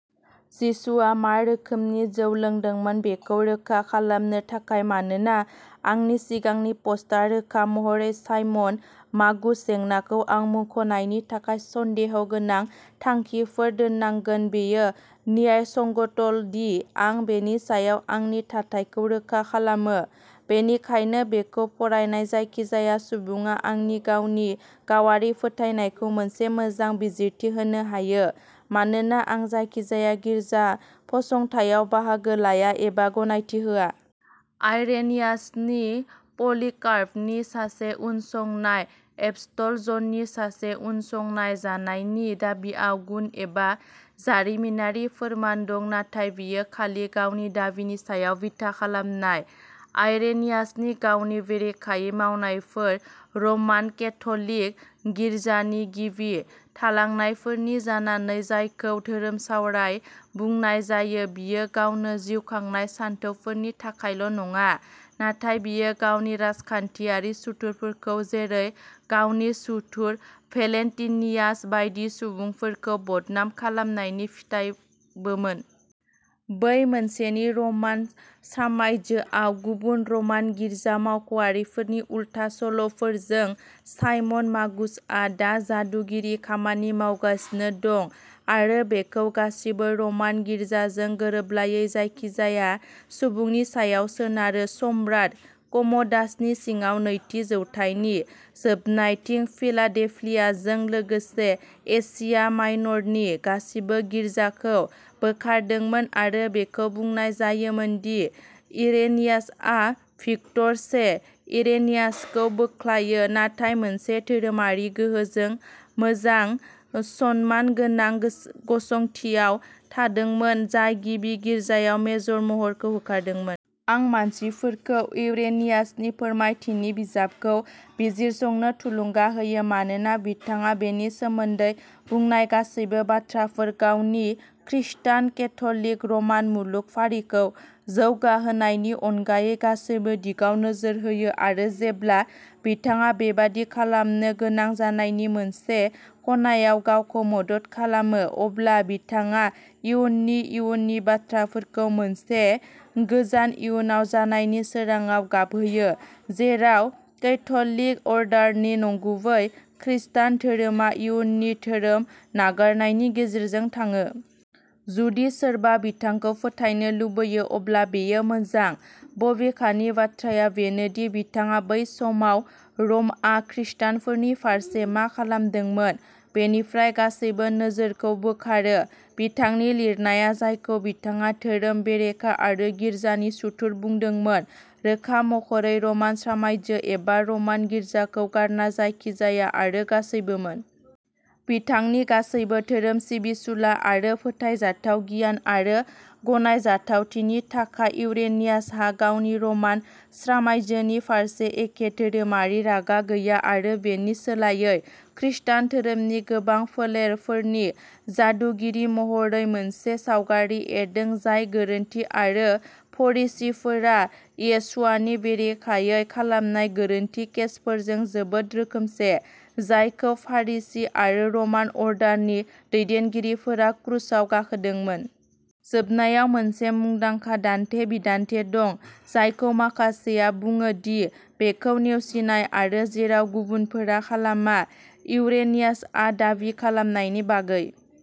जिसुआ मा रोखोमनि जौ लोंदोंमोन? बेखौ रोखा खालामनो थाखाय, मानोना आंनि सिगांनि पस्टआ रोखा महरै साइमन मागुस जेंनाखौ आं मुंख'नायनि थाखाय सन्देहगोनां थांखिफोर दोननांगोन बेयो न्यायसंगतल'दि आं बेनि सायाव आंनि थाथायखौ रोखा खालामो, बेनिखायनो बेखौ फरायनाय जायखिजाया सुबुङा आंनि गावनि गावारि फोथायनायखौ मोनसे मोजां बिजिरथि होनो हायो, मानोना आं जायखिजाया गिर्जा फसंथायाव बाहागो लाया एबा गनायथि होआ। आइरेनियासनि पलिकार्पनि सासे उनसंनाय, एपस्टल जननि सासे उनसंनाय जानायनि दाबिआव गुन एबा जारिमिनारि फोरमान दं, नाथाय बेयो खालि गावनि दाबिनि सायाव बिथा खालामनाय। आइरेनियासनि गावनि बेरेखायै मावनायफोर, रमान केथ'लिक गिर्जानि गिबि थालांनायफोरनि जानानै जायखौ "धोरोमसावराय" बुंनाय जायो, बियो गावनो जिउ खांनाय सानथौफोरनि थाखायल' नङा; नाथाय बियो गावनि राजखान्थियारि सुथुरफोरखौ जेरै- गावनि सुथुर, भेलेन्टिनियास बायदि सुबुंफोरखौ बदनाम खालामनायनि फिथायबोमोन। बै मोनसेनि रमान साम्रायजोआव गुबुन रमान गिर्जा मावख'आरिफोरनि उल्था सल'फोरजों, साइमन मागुसआ दा जादुगिरि खामानि मावगासिनो दं आरो बेखौ गासिबो र'मान गिर्जाजों गोरोबलायै जायखिजाया सुबुंनि सायाव सोनारो। सम्राट कम'डासनि सिङाव नैथि जौथाइनि जोबनायथिं, फिलाडेल्फियाजों लोगोसे एशिया माइनरनि गासिबो गिर्जाखौ बोखारदोंमोन, आरो बेखौ बुंनाय जायोमोन दि इरेनियासआ भिक्टर से, इरेनियासखौ "बोख्लायो", नाथाय मोनसे धोरोमारि गोहोजों मोजां, सनमानगोनां गसंथियाव थादोंमोन, जाय गिबि गिर्जायाव मेजर महरखौ होखारदोंमोन। आं मानसिफोरखौ इरेनियासनि फोरमायथिनि बिजाबखौ बिजिरसंनो थुलुंगा होयो, मानोना बिथाङा बेनि सोमोन्दै बुंनाय गासैबो बाथ्राफोर, गावनि "खृष्टान केथ'लिक र'मान मुलुग फारिखौ जौगाहोनाय" नि अनगायै गासैबो दिगाव नोजोर होयो आरो जेब्ला बिथाङा बेबादि खालामनो गोनां जानायनि मोनसे खनायाव गावखौ मदद खालामो, अब्ला बिथाङा इयुननि इयुननि बाथ्राफोरखौ मोनसे गोजान इयुनाव जानायनि सोरांङाव गाबहोयो, जेराव कैथलिक अर्डारनि नंगुबै खृस्टान धोरोमा इयुननि धोरोम नागारनायनि गेजेरजों थाङो। जुदि सोरबा बिथांखौ फोथायनो लुबैयो, अब्ला बेयो मोजां। बबेखानि, बाथ्राया बेनो दि, बिथाङा बै समाव र'मआ खृस्टानफोरनि फारसे मा खालामदोंमोन बेनिफ्राय गासैबो नोजोरखौ बोखारो। बिथांनि लिरनाया जायखौ बिथाङा धोरोम बेरेखा आरो गिर्जानि सुथुर बुंदोंमोन, रोखा महरै रमान साम्रायजो एबा रमान गिर्जाखौ गारना जायखिजाया आरो गासैबोमोन। बिथांनि गासैबो धोरोम सिबिसुला आरो फोथायजाथाव गियान आरो गनायजाथावथिनि थाखाय, इरेनियासहा गावनि रमान साम्रायजोनि फारसे एखे धोरोमारि रागा गैया आरो बेनि सोलायै, खृस्टान धोरोमनि गोबां फोलेरफोरनि "जादुगिरि" महरै मोनसे सावगारि एरदों जाय गोरोन्थि आरो फरिसीफोरा येशुवानि बेरेखायै खालामनाय गोरोन्थि केसफोरजों जोबोद रोखोमसे, जायखौ फारिसी आरो रमान अर्डारनि, दैदेनगिरिफोरा क्रुसाव गाखोदोंमोन। जोबनायाव, मोनसे मुंदांखा दान्थे-बिदान्थे दं जायखौ माखासेया बुङो दि बेखौ नेवसिनाय जायो जेराव गुबुनफोरा खालामा, इरेनियासआ दाबि खालामनायनि बागै।